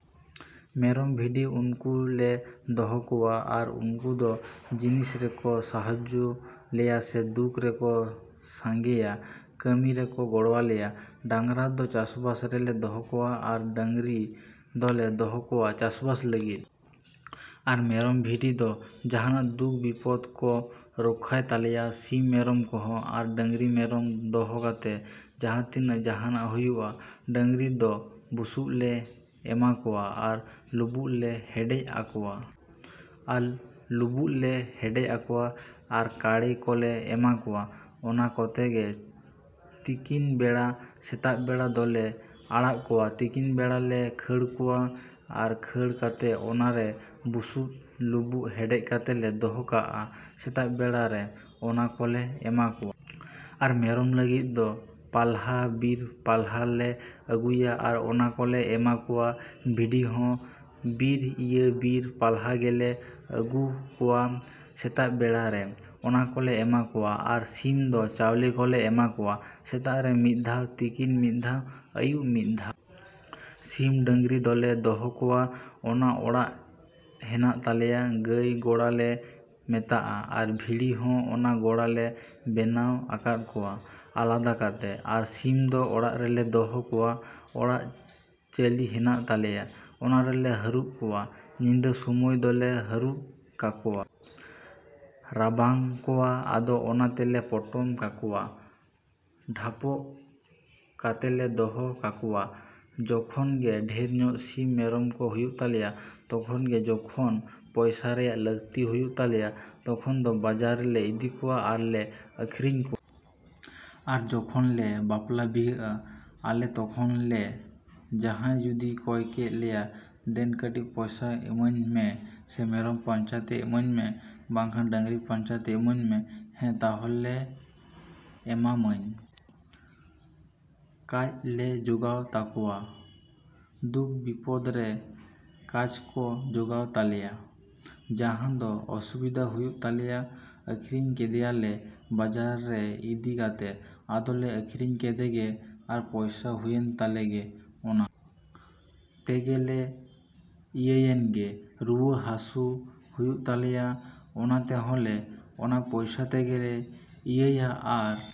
ᱢᱮᱨᱚᱢ, ᱵᱷᱤᱰᱤ ᱩᱱᱠᱩ ᱞᱮ ᱫᱚᱦᱚ ᱠᱚᱣᱟ᱾ ᱟᱨ ᱩᱱᱠᱩ ᱫᱚ ᱡᱤᱱᱤᱥ ᱨᱮᱠᱚ ᱥᱟᱦᱟᱡᱡᱳ ᱞᱮᱭᱟ ᱥᱮ ᱫᱩᱠ ᱨᱮᱠᱚ ᱥᱟᱸᱜᱮᱭᱟ, ᱠᱟᱹᱢᱤ ᱨᱮᱠᱚ ᱜᱚᱲᱚᱣᱟᱞᱮᱭᱟ᱾ ᱰᱟᱝᱨᱤ ᱫᱚ ᱪᱟᱥᱵᱟᱥ ᱨᱮᱞᱮ ᱫᱚᱦᱚ ᱠᱚᱣᱟ᱾ ᱟᱨ ᱰᱟᱝᱨᱤ ᱫᱚᱞᱮ ᱫᱚᱦᱚ ᱠᱚᱣᱟ ᱪᱟᱥᱵᱟᱥ ᱞᱟᱹᱜᱤᱫ᱾ ᱟᱨ ᱢᱮᱨᱚᱢ, ᱵᱷᱤᱰᱤ ᱫᱚ ᱡᱟᱸᱦᱟᱱᱟᱜ ᱫᱩᱠ ᱵᱤᱯᱚᱫ ᱠᱚ ᱨᱚᱠᱠᱷᱟᱭ ᱛᱟᱞᱮᱭᱟ, ᱥᱤᱢ ᱢᱮᱨᱚᱢ ᱠᱚᱦᱚᱸ᱾ ᱟᱨ ᱰᱟᱝᱨᱤ ᱢᱮᱨᱚᱢ ᱫᱚᱦᱚ ᱠᱟᱛᱮ ᱡᱟᱦᱟᱸ ᱛᱤᱱᱟᱹᱜ ᱡᱟᱸᱦᱟᱱᱟᱜ ᱦᱩᱭᱩᱜᱼᱟ, ᱰᱟᱝᱨᱤ ᱫᱚ ᱵᱩᱥᱩᱵ ᱞᱮ ᱮᱢᱟ ᱠᱚᱣᱟ, ᱟᱨ ᱞᱩᱵᱩᱜ ᱞᱮ ᱦᱮᱰᱮᱡ ᱟᱠᱚᱣᱟ᱾ ᱟᱨ ᱞᱩᱵᱩᱜ ᱞᱮ ᱦᱮᱰᱮᱡ ᱟᱠᱚᱣᱟ᱾ ᱟᱨ ᱠᱟᱲᱮ ᱠᱚᱞᱮ ᱮᱢᱟ ᱠᱚᱣᱟ᱾ ᱚᱱᱟ ᱠᱚᱛᱮ ᱜᱮ ᱛᱤᱠᱤᱱ ᱵᱮᱲᱟ, ᱥᱮᱛᱟᱜ ᱵᱮᱲᱟ ᱫᱚᱞᱮ ᱟᱲᱟᱜ ᱠᱚᱣᱟ, ᱛᱤᱠᱤᱱ ᱵᱮᱲᱟ ᱞᱮ ᱠᱷᱟᱹᱲ ᱠᱚᱣᱟ᱾ ᱟᱨ ᱠᱷᱟᱹᱲ ᱠᱟᱛᱮᱫ ᱚᱱᱟ ᱨᱮ ᱵᱩᱥᱩᱵ, ᱞᱩᱵᱩᱜ ᱦᱮᱰᱮᱡ ᱠᱟᱛᱮ ᱞᱮ ᱫᱚᱦᱚ ᱠᱟᱜᱼᱟ ᱥᱮᱛᱟᱜ ᱵᱮᱲᱟ ᱨᱮ, ᱚᱱᱟ ᱠᱚᱞᱮ ᱮᱢᱟ ᱠᱚᱣᱟ᱾ ᱟᱨ ᱢᱮᱨᱚᱢ ᱞᱟᱹᱜᱤᱫ ᱫᱚ ᱯᱟᱞᱦᱟ, ᱵᱤᱨ ᱯᱟᱞᱦᱟ ᱞᱮ ᱟᱹᱜᱩᱭᱟ᱾ ᱟᱨ ᱚᱱᱟ ᱠᱚᱞᱮ ᱮᱢᱟ ᱠᱚᱣᱟ, ᱵᱷᱤᱰᱤ ᱦᱚᱸ, ᱵᱤᱨ, ᱤᱭᱟᱹ ᱵᱤᱨ ᱯᱟᱞᱦᱟ ᱜᱮᱞᱮ ᱟᱹᱜᱩᱣᱟᱠᱚᱣᱟ ᱥᱮᱛᱟᱜ ᱵᱮᱲᱟ ᱨᱮ, ᱚᱱᱟ ᱠᱚᱞᱮ ᱮᱢᱟ ᱠᱚᱣᱟ᱾ ᱟᱨ ᱥᱤᱢ ᱫᱚ ᱪᱟᱣᱞᱮ ᱠᱚᱞᱮ ᱮᱢᱟ ᱠᱚᱣᱟ, ᱥᱮᱛᱟᱜ ᱨᱮ ᱢᱤᱫ ᱫᱷᱟᱣ, ᱛᱤᱠᱤᱱ ᱢᱤᱫ ᱫᱷᱟᱣ, ᱟᱹᱭᱩᱵ ᱢᱤᱫ ᱫᱷᱟᱣ᱾ ᱥᱤᱢ, ᱰᱟᱝᱨᱤ ᱫᱚᱞᱮ ᱫᱚᱦᱚ ᱠᱚᱣᱟ ᱚᱱᱟ ᱚᱲᱟᱜ ᱦᱮᱱᱟᱜ ᱛᱟᱞᱮᱭᱟ, ᱜᱟᱹᱭ ᱜᱚᱲᱟ ᱞᱮ ᱢᱮᱛᱟᱜᱼᱟ᱾ ᱟᱨ ᱵᱷᱤᱲᱤ ᱦᱚᱸ ᱚᱱᱟ ᱜᱚᱲᱟ ᱞᱮ ᱵᱮᱱᱟᱣ ᱟᱠᱟᱫ ᱠᱚᱣᱟ, ᱟᱞᱟᱫᱟ ᱠᱟᱛᱮᱫ᱾ ᱟᱨ ᱥᱤᱢ ᱫᱚ ᱚᱲᱟᱜ ᱨᱮᱞᱮ ᱫᱚᱦᱚ ᱠᱚᱣᱟ᱾ ᱚᱲᱟᱜ ᱪᱟᱹᱞᱤ ᱦᱮᱱᱟᱜ ᱛᱟᱞᱮᱭᱟ, ᱚᱱᱟ ᱨᱮᱞᱮ ᱦᱟᱹᱨᱩᱯ ᱠᱚᱣᱟ, ᱧᱤᱫᱟᱹ ᱥᱚᱢᱚᱭ ᱫᱚᱞᱮ ᱦᱟᱹᱨᱩᱯ ᱠᱟᱠᱚᱣᱟ᱾ ᱨᱟᱵᱟᱝ ᱠᱚᱣᱟ, ᱟᱫᱚ ᱚᱱᱟ ᱛᱮᱞᱮ ᱯᱚᱴᱚᱢ ᱠᱟᱠᱚᱣᱟ᱾ ᱰᱷᱟᱯᱚᱜ ᱠᱟᱛᱮᱞᱮ ᱫᱚᱦᱚ ᱠᱟᱠᱚᱣᱟ᱾ ᱡᱚᱠᱷᱚᱱ ᱜᱮ ᱰᱷᱮᱨ ᱧᱚᱜ ᱥᱤᱢ, ᱢᱮᱨᱚᱢ ᱠᱚ ᱦᱩᱭᱩᱜ ᱛᱟᱞᱮᱭᱟ᱾ ᱛᱚᱠᱷᱚᱱ ᱜᱮ, ᱡᱚᱠᱷᱚᱱ ᱯᱚᱭᱥᱟ ᱨᱮᱭᱟᱜ ᱞᱟᱹᱠᱛᱤ ᱦᱩᱭᱩᱜ ᱛᱟᱞᱮᱭᱟ, ᱛᱚᱠᱷᱚᱱ ᱫᱚ ᱵᱟᱡᱟᱨ ᱨᱮᱞᱮ ᱤᱫᱤ ᱠᱚᱣᱟ, ᱟᱨ ᱞᱮ ᱟᱹᱠᱷᱨᱤᱧ ᱠᱚᱣᱟ᱾ ᱟᱨ ᱡᱚᱠᱷᱚᱱ ᱞᱮ ᱵᱟᱯᱞᱟ ᱵᱤᱦᱟᱹᱜᱼᱟ ᱟᱞᱮ ᱛᱚᱠᱷᱚᱱ ᱞᱮ ᱡᱟᱦᱟᱸᱭ ᱡᱩᱫᱤᱭ ᱠᱚᱭ ᱠᱮᱫ ᱞᱮᱭᱟ ᱫᱮᱱ ᱠᱟᱹᱴᱤᱡ ᱯᱚᱭᱥᱟ ᱤᱢᱟᱹᱧ ᱢᱮ᱾ ᱥᱮ ᱢᱮᱨᱚᱢ ᱯᱟᱧᱪᱟ ᱛᱮ ᱤᱢᱟᱹᱧ ᱢᱮ᱾ ᱵᱟᱝᱠᱷᱟᱱ ᱰᱟᱝᱨᱤ ᱯᱟᱧᱪᱟ ᱛᱮ ᱤᱢᱟᱹᱧ ᱢᱮ᱾ ᱦᱮᱸ ᱛᱟᱦᱞᱮ ᱮᱢᱟᱢᱟᱹᱧ᱾ ᱠᱟᱡ ᱞᱮ ᱡᱚᱜᱟᱣ ᱛᱟᱠᱚᱣᱟ᱾ ᱫᱩᱠ ᱵᱤᱯᱚᱫ ᱨᱮ ᱠᱟᱡ ᱠᱚ ᱡᱚᱜᱟᱣ ᱛᱟᱞᱮᱭᱟ, ᱡᱟᱦᱟᱸ ᱫᱚ ᱚᱥᱩᱵᱤᱫᱷᱟ ᱦᱩᱭᱮᱱ ᱛᱟᱞᱮᱭᱟ, ᱟᱠᱷᱨᱤᱧ ᱠᱮᱫᱮᱭᱟᱞᱮ ᱵᱟᱡᱟᱨ ᱨᱮ ᱤᱫᱤ ᱠᱟᱛᱮᱫ᱾ ᱟᱫᱚ ᱞᱮ ᱟᱠᱷᱨᱤᱧ ᱠᱮᱫᱮ ᱜᱮ ᱟᱨ ᱯᱚᱭᱥᱟ ᱦᱩᱭᱮᱱ ᱛᱟᱞᱮ ᱜᱮ, ᱚᱱᱟ ᱛᱮᱜᱮ ᱞᱮ ᱤᱭᱟᱹᱭᱮᱱ ᱜᱮ, ᱨᱩᱣᱟᱹ ᱦᱟᱥᱩ ᱦᱩᱭᱩᱜ ᱛᱟᱞᱮᱭᱟ, ᱚᱱᱟ ᱛᱮᱦᱚᱸ ᱞᱮ, ᱚᱱᱟ ᱯᱚᱭᱥᱟ ᱛᱮᱜᱮ ᱞᱮ ᱤᱭᱟᱹᱭᱟ ᱟᱨ